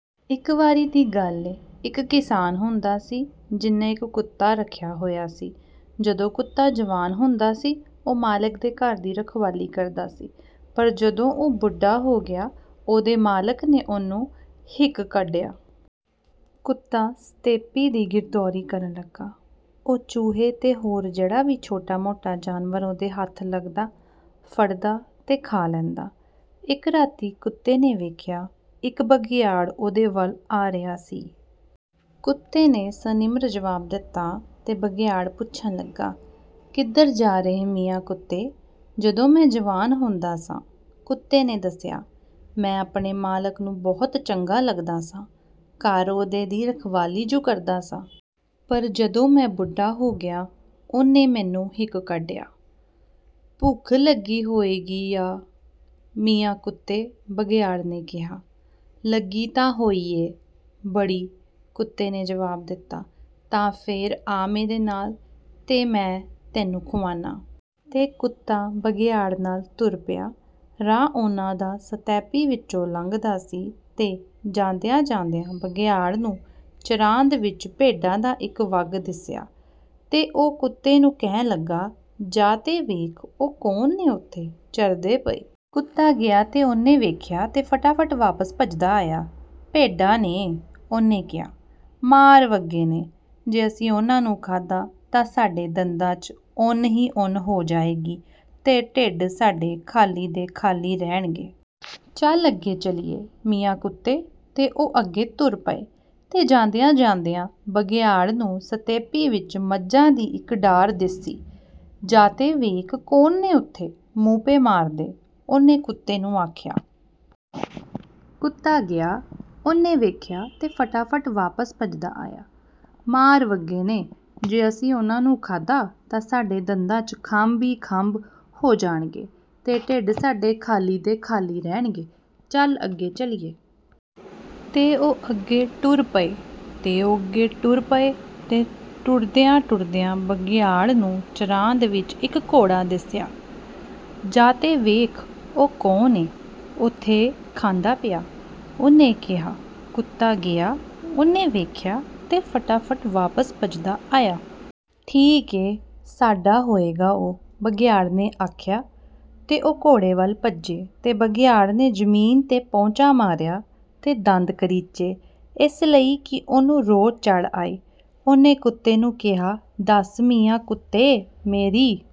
ਇੱਕ ਵਾਰੀ ਦੀ ਗੱਲ ਏ, ਇੱਕ ਕਿਸਾਨ ਹੁੰਦਾ ਸੀ, ਜਿਨ੍ਹੇ ਇੱਕ ਕੁੱਤਾ ਰੱਖਿਆ ਹੋਇਆ ਸੀ। ਜਦੋਂ ਕੁੱਤਾ ਜਵਾਨ ਹੁੰਦਾ ਸੀ, ਉਹ ਮਾਲਕ ਦੇ ਘਰ ਦੀ ਰਖਵਾਲੀ ਕਰਦਾ ਸੀ, ਪਰ ਜਦੋਂ ਉਹ ਬੁੱਢਾ ਹੋ ਗਿਆ, ਉਹਦੇ ਮਾਲਕ ਨੇ ਉਹਨੂੰ ਹਿੱਕ ਕੱਢਿਆ। ਕੁੱਤਾ ਸਤੈਪੀ ਦੀ ਗਿਰਦੌਰੀ ਕਰਨ ਲੱਗਾ। ਉਹ ਚੂਹੇ ਤੇ ਹੋਰ ਜਿਹੜਾ ਵੀ ਛੋਟਾ-ਮੋਟਾ ਜਾਨਵਰ ਉਹਦੇ ਹੱਥ ਲੱਗਦਾ, ਫੜਦਾ ਤੇ ਖਾ ਲੈਂਦਾ। ਇੱਕ ਰਾਤੀਂ ਕੁੱਤੇ ਨੇ ਵੇਖਿਆ, ਇੱਕ ਬਘਿਆੜ ਉਹਦੇ ਵੱਲ ਆ ਰਿਹਾ ਸੀ। ਕੁੱਤੇ ਨੇ ਸਨਿਮਰ ਜਵਾਬ ਦਿੱਤਾ, ਤੇ ਬਘਿਆੜ ਪੁੱਛਣ ਲੱਗਾ, "ਕਿੱਧਰ ਜਾ ਰਿਹੈਂ, ਮੀਆਂ ਕੁੱਤੇ?" “ਜਦੋਂ ਮੈਂ ਜਵਾਨ ਹੁੰਦਾ ਸਾਂ,” ਕੁੱਤੇ ਨੇ ਦੱਸਿਆ, “ਮੈਂ ਆਪਣੇ ਮਾਲਕ ਨੂੰ ਬਹੁਤ ਚੰਗਾ ਲੱਗਦਾ ਸਾਂ, ਘਰ ਉਹਦੇ ਦੀ ਰਖਵਾਲੀ ਜੁ ਕਰਦਾ ਸਾਂ। ਪਰ ਜਦੋਂ ਮੈਂ ਬੁੱਢਾ ਹੋ ਗਿਆ, ਉਹਨੇ ਮੈਨੂੰ ਹਿੱਕ ਕੱਢਿਆ।” "ਭੁੱਖ ਲੱਗੀ ਹੋਈਗੀ ਆ, ਮੀਆਂ ਕੁੱਤੇ,” ਬਘਿਆੜ ਨੇ ਕਿਹਾ। “ਲੱਗੀ ਤਾਂ ਹੋਈ ਏ, ਬੜੀ,” ਕੁੱਤੇ ਨੇ ਜਵਾਬ ਦਿੱਤਾ। “ਤਾਂ ਫੇਰ ਆ ਮੇਰੇ ਨਾਲ, ਤੇ ਮੈਂ ਤੈਨੂੰ ਖੁਆਨਾਂ।” ਤੇ ਕੁੱਤਾ ਬਘਿਆੜ ਨਾਲ ਟੁਰ ਪਿਆ। ਰਾਹ ਉਹਨਾਂ ਦਾ ਸਤੈਪੀ ਵਿਚੋਂ ਲੰਘਦਾ ਸੀ ਤੇ ਜਾਂਦਿਆਂ-ਜਾਂਦਿਆਂ ਬਘਿਆੜ ਨੂੰ ਚਰਾਂਦ ਵਿੱਚ ਭੇਡਾਂ ਦਾ ਇੱਕ ਵੱਗ ਦਿਸਿਆ ਤੇ ਉਹ ਕੁੱਤੇ ਨੂੰ ਕਹਿਣ ਲੱਗਾ, “ਜਾ ਤੇ ਵੇਖ, ਉਹ ਕੌਣ ਨੇ ਓਥੇ, ਚਰਦੇ ਪਏ।” ਕੁੱਤਾ ਗਿਆ ਤੇ ਉਹਨੇ ਵੇਖਿਆ ਤੇ ਫਟਾਫਟ ਵਾਪਸ ਭੱਜਦਾ ਆਇਆ। "ਭੇਡਾਂ ਨੇ,” ਉਹਨੇ ਕਿਹਾ। “ਮਾਰ ਵੱਗੇ ਨੇ! ਜੇ ਅਸੀਂ ਉਹਨਾਂ ਨੂੰ ਖਾਧਾ, ਤਾਂ ਸਾਡੇ ਦੰਦਾਂ ’ਚ ਉੱਨ ਈ ਉੱਨ ਹੋ ਜਾਏਗੀ, ਤੇ ਢਿੱਡ ਸਾਡੇ ਖਾਲੀ ਦੇ ਖਾਲੀ ਰਹਿਣਗੇ। ਚਲ ਅੱਗੇ ਚਲੀਏ, ਮੀਆਂ ਕੁੱਤੇ!"ਤੇ ਉਹ ਅੱਗੇ ਟੁਰ ਪਏ, ਤੇ ਜਾਂਦਿਆਂ-ਜਾਂਦਿਆਂ ਬਘਿਆੜ ਨੂੰ ਸਤੈਪੀ ਵਿਚ ਮੱਝਾਂ ਦੀ ਇੱਕ ਡਾਰ ਦਿੱਸੀ। "ਜਾ ਤੇ ਵੇਖ, ਕੌਣ ਨੇ ਓਥੇ, ਮੂੰਹ ਪਏ ਮਾਰਦੇ,” ਉਹਨੇ ਕੁੱਤੇ ਨੂੰ ਆਖਿਆ। ਕੁੱਤਾ ਗਿਆ, ਉਹਨੇ ਵੇਖਿਆ ਤੇ ਫਟਾਫਟ ਵਾਪਸ ਭੱਜਦਾ ਆਇਆ।"ਮਾਰ ਵੱਗੇ ਨੇ! ਜੇ ਅਸੀਂ ਉਹਨਾਂ ਨੂੰ ਖਾਧਾ, ਤਾਂ ਸਾਡੇ ਦੰਦਾਂ ’ਚ ਖੰਭ ਈ ਖੰਭ ਹੋ ਜਾਣਗੇ, ਤੇ ਢਿੱਡ ਸਾਡੇ ਖਾਲੀ ਦੇ ਖਾਲੀ ਰਹਿਣਗੇ। ਚਲ ਅੱਗੇ ਚਲੀਏ!" ਤੇ ਉਹ ਅਗੇ ਟੁਰ ਪਏ, ਤੇ ਉਹ ਅੱਗੇ ਟੁਰ ਪਏ, ਤੇ ਟੁਰਦਿਆਂ-ਟੁਰਦਿਆਂ ਬਘਿਆੜ ਨੂੰ ਚਰਾਂਦ ਵਿੱਚ ਇੱਕ ਘੋੜਾ ਦਿਸਿਆ। “ਜਾ ਤੇ ਵੇਖ, ਉਹ ਕੌਣ ਏ ਓਥੇ, ਖਾਂਦਾ ਪਿਆ,” ਉਹਨੇ ਕਿਹਾ। ਕੁੱਤਾ ਗਿਆ, ਉਹਨੇ ਵੇਖਿਆ ਤੇ ਫਟਾਫਟ ਵਾਪਸ ਭਜਦਾ ਆਇਆ। “ਠੀਕ ਏ, ਸਾਡਾ ਹੋਏਗਾ ਉਹ!” ਬਘਿਆੜ ਨੇ ਆਖਿਆ। ਤੇ ਉਹ ਘੋੜੇ ਵੱਲ ਭੱਜੇ, ਤੇ ਬਘਿਆੜ ਨੇ ਜ਼ਮੀਨ ’ਤੇ ਪੌਂਚਾ ਮਾਰਿਆ ਤੇ ਦੰਦ ਕਰੀਚੇ, ਇਸ ਲਈ ਕਿ ਉਹਨੂੰ ਰੋਹ ਚੜ੍ਹ ਆਏ। ਉਹਨੇ ਕੁੱਤੇ ਨੂੰ ਕਿਹਾ, "ਦੱਸ, ਮੀਆਂ ਕੁੱਤੇ, ਮੇਰੀ